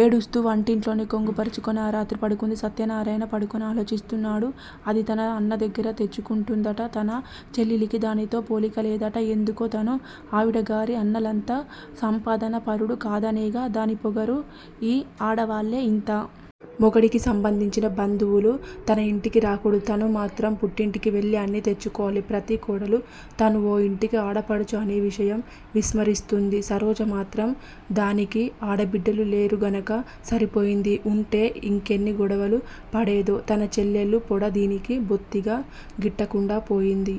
ఏడుస్తూ వంటింట్లోనే కొంగు పరచుకొని ఆ రాత్రి పడుకుంది. సత్యనారాయణ పడుకొని ఆలోచిస్తున్నాడు. అది తన అన్న దగ్గర తెచ్చుకుంటుందట, తన చెల్లెలికి దానితో పోలిక లేదట. ఎందుకో? తను ఆవిడ గారి అన్నలంత సంపాదనా పరుడు కాదనేగా దాని పొగరు? ఈ ఆడవాళ్ళే ఇంత! మొగుడికి సంబంధించిన బంధువులు తన ఇంటికి రాకూడదు. తను మాత్రం పుట్టింటికి వెళ్ళి అన్నీ తెచ్చుకోవాలి. ప్రతి కోడలూ తనూ ఒకింటి ఆడపడుచు అనే విషయం విస్మరిస్తుంది. సరోజ మాత్రం? దానికి ఆడ బిడ్డలు లేరుగనుక సరిపోయింది. ఉంటే ఇంకెన్ని గొడవలు పడేదో? తన చెల్లెలు పోడ దీనికి బొత్తిగా గిట్టకుండా పోయింది.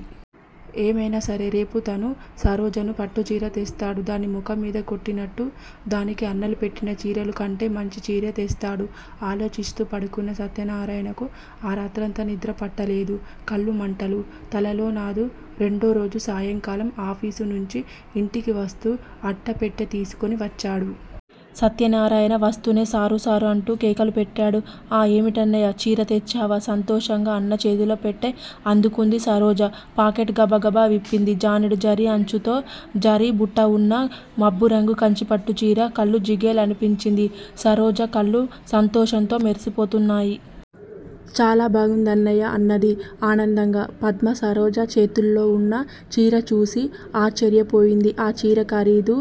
ఏమైనా సరే రేపు తను సరోజను పట్టుచీర తెస్తాడు. దాని ముఖం మీద కొట్టినట్టు, దానికి అన్నలు పెట్టిన చీరల కంటే మంచి చీరే తెస్తాడు. ఆలోచిస్తూ పడుకున్న సత్యనారాయణకు ఆరాత్రంతా నిద్ర పట్టలేదు కళ్ళు మంటలు. తలలో నాదు. రెండో రోజు సాయంకాలం ఆఫీసు నుంచి ఇంటికి వస్తూ అట్ట పెట్టె తీసుకొని వచ్చాడు. సత్యనారాయణ. వస్తూనే సరూ! సరూ! అంటూ కేకలు పెట్టాడు. ఆఁ ఏమిటన్నయ్యా? చీర తెచ్చావా? సంతోషంగా అన్న చేతిలో పెట్టె అందుకుంది సరోజ. పాకెట్ గబగబా విప్పింది. జానెడు జరీ అంచుతో, జరీ బుట్టాలువున్న మబ్బురంగు కంచిపట్టు చీర. కళ్ళు జిగేల్ మనిపించింది. సరోజ కళ్ళు సంతోషంతో మెరిసిపోతున్నాయి. చాలా బాగుంది అన్నయ్యా! అన్నది ఆనందంగా. పద్మ సరోజ చేతుల్లో వున్న చీర చూసి ఆశ్చర్యపోయింది. ఆ చీర ఖరీదు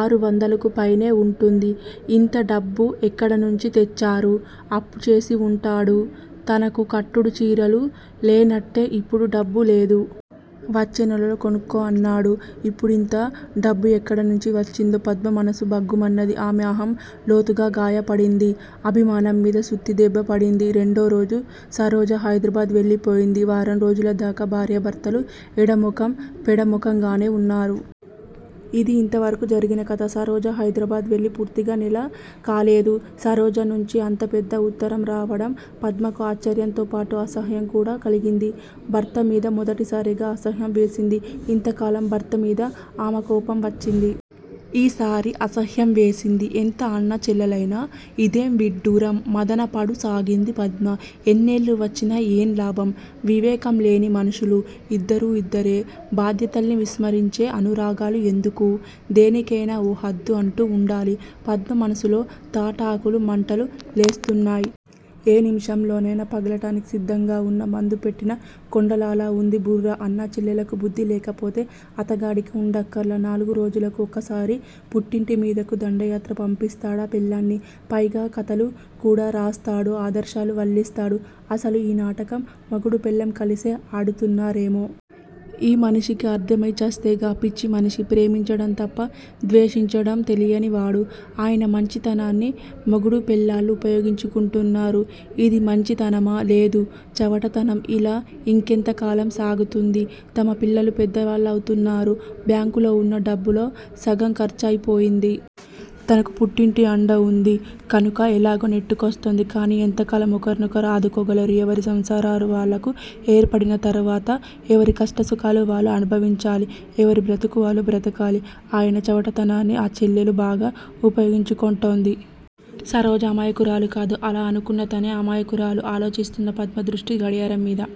ఆరు వందలకు పైనే వుంటుంది. ఇంత డబ్బు ఎక్కడ నుంచి తెచ్చారు? అప్పు చేసి వుంటాడు. తనకు కట్టుడు చీరలు లేనంటే ఇప్పుడు డబ్బు లేదు. వచ్చే నెలలో కొనుక్కో అన్నాడు! ఇప్పుడింత డబ్బు ఎక్కడి నుండి వచ్చిందో? పద్మ మనసు భగ్గుమన్నది. ఆమె అహం లోతుగా గాయపడింది. అభిమానం మీద సుత్తి దెబ్బ పడింది! రెండో రోజు సరోజ హైదరాబాద్ వెళ్ళిపోయింది. వారం రోజుల దాకా భార్యా భర్తలు ఎడముఖం పెడ ముఖంగానే వున్నారు! ఇదీ అంతవరకు జరిగిన కధ! సరోజ హైదరాబాద్ వెళ్ళి పూర్తిగా నెల కాలేదు! సరోజ నుంచి అంత పెద్ద ఉత్తరం రావడం పద్మకు ఆశ్చర్యంతో పాటు, అసహ్యం కూడా కలిగింది, భర్త మీద మొదటిసారిగా అసహ్యం వేసింది! ఇంత కాలం భర్త మీద ఆమె కోపం వచ్చింది! ఈసారి అసహ్యం వేసింది. ఎంత అన్నా చెళ్ళెలైణా ఇదేం విడ్డూరం. మధన పడు సాగింది పద్మ! ఎన్నేళ్ళు వచ్చినా ఏం లాభం! వివేకం లేని మనుషులు! ఇద్దరూ ఇద్దరే! బాధ్యతల్ని విస్మరించే అనురాగాలు ఎందుకు? దేనికైనా ఓ హద్దు అంటూ వుండాలి! పద్మ మనసులో తాటాకులు మంటలు లేస్తునాయ్! ఏ నిమిషంలోనైనా పగలటానికి సిద్ధంగా వున్న మందు పెట్టిన కొండలాలా వుంది బుర్ర! ఆ అన్న చెల్లెళ్ళకు బుద్ధి లేకపోతే అతగాడికి వుండక్కర్లా? నాలుగు రోజులకు ఒకసారి పుట్టింటి మీదకు దండయాత్ర పంపిస్తాడా పెళ్ళాన్ని? పైగా కధలు కూడా రాస్తాడు! ఆదర్శాలు వల్లిస్తాడు! అసలు ఈ నాటకం మొగుడూ పెళ్ళాం కలిసే ఆడుతున్నా రేమో? ఈ మనిషికి అర్థం అయి చస్తేగా! పిచ్చి మనిషి! ప్రేమించడం తప్ప ద్వేషించడం తెలియనివాడు! ఆయన మంచితనాన్ని మొగుడూ పెళ్ళాలు ఉపయోగించుకుంటున్నారు! ఇది మంచి తనమా? లేదు. చవటతనం! ఇలా ఇంకెంత కాలం సాగుతుంది? తమ పిల్లలూ పెద్ద వాళ్ళవుతున్నారు! బ్యాంకులో వున్న డబ్బులో సగం ఖర్చు పోయింది! తనకు పుట్టింటి అండ వుంది! కనుక ఎలాగో నెట్టుకొస్తుంది! కానీ ఎంతకాలం ఒకర్ని ఒకరు ఆదుకోగలరు? ఎవరి సంసారాలు వాళ్ళకు ఏర్పడిన తర్వాత ఎవరి కష్ట సుఖాలు వాళ్ళు అనుభవించాలి! ఎవరి బ్రతుకు వాళ్ళు బ్రతకాలి! ఈయన చవట తనాన్ని ఆ చెల్లెలు బాగా ఉపయోగించుకుంటోంది! సరోజ అమాయకురాలుకాదు! అలా అనుకున్న తనే అమాయకురాలు. ఆలోచిస్తున్న పద్మ దృష్టి గడియారం మీద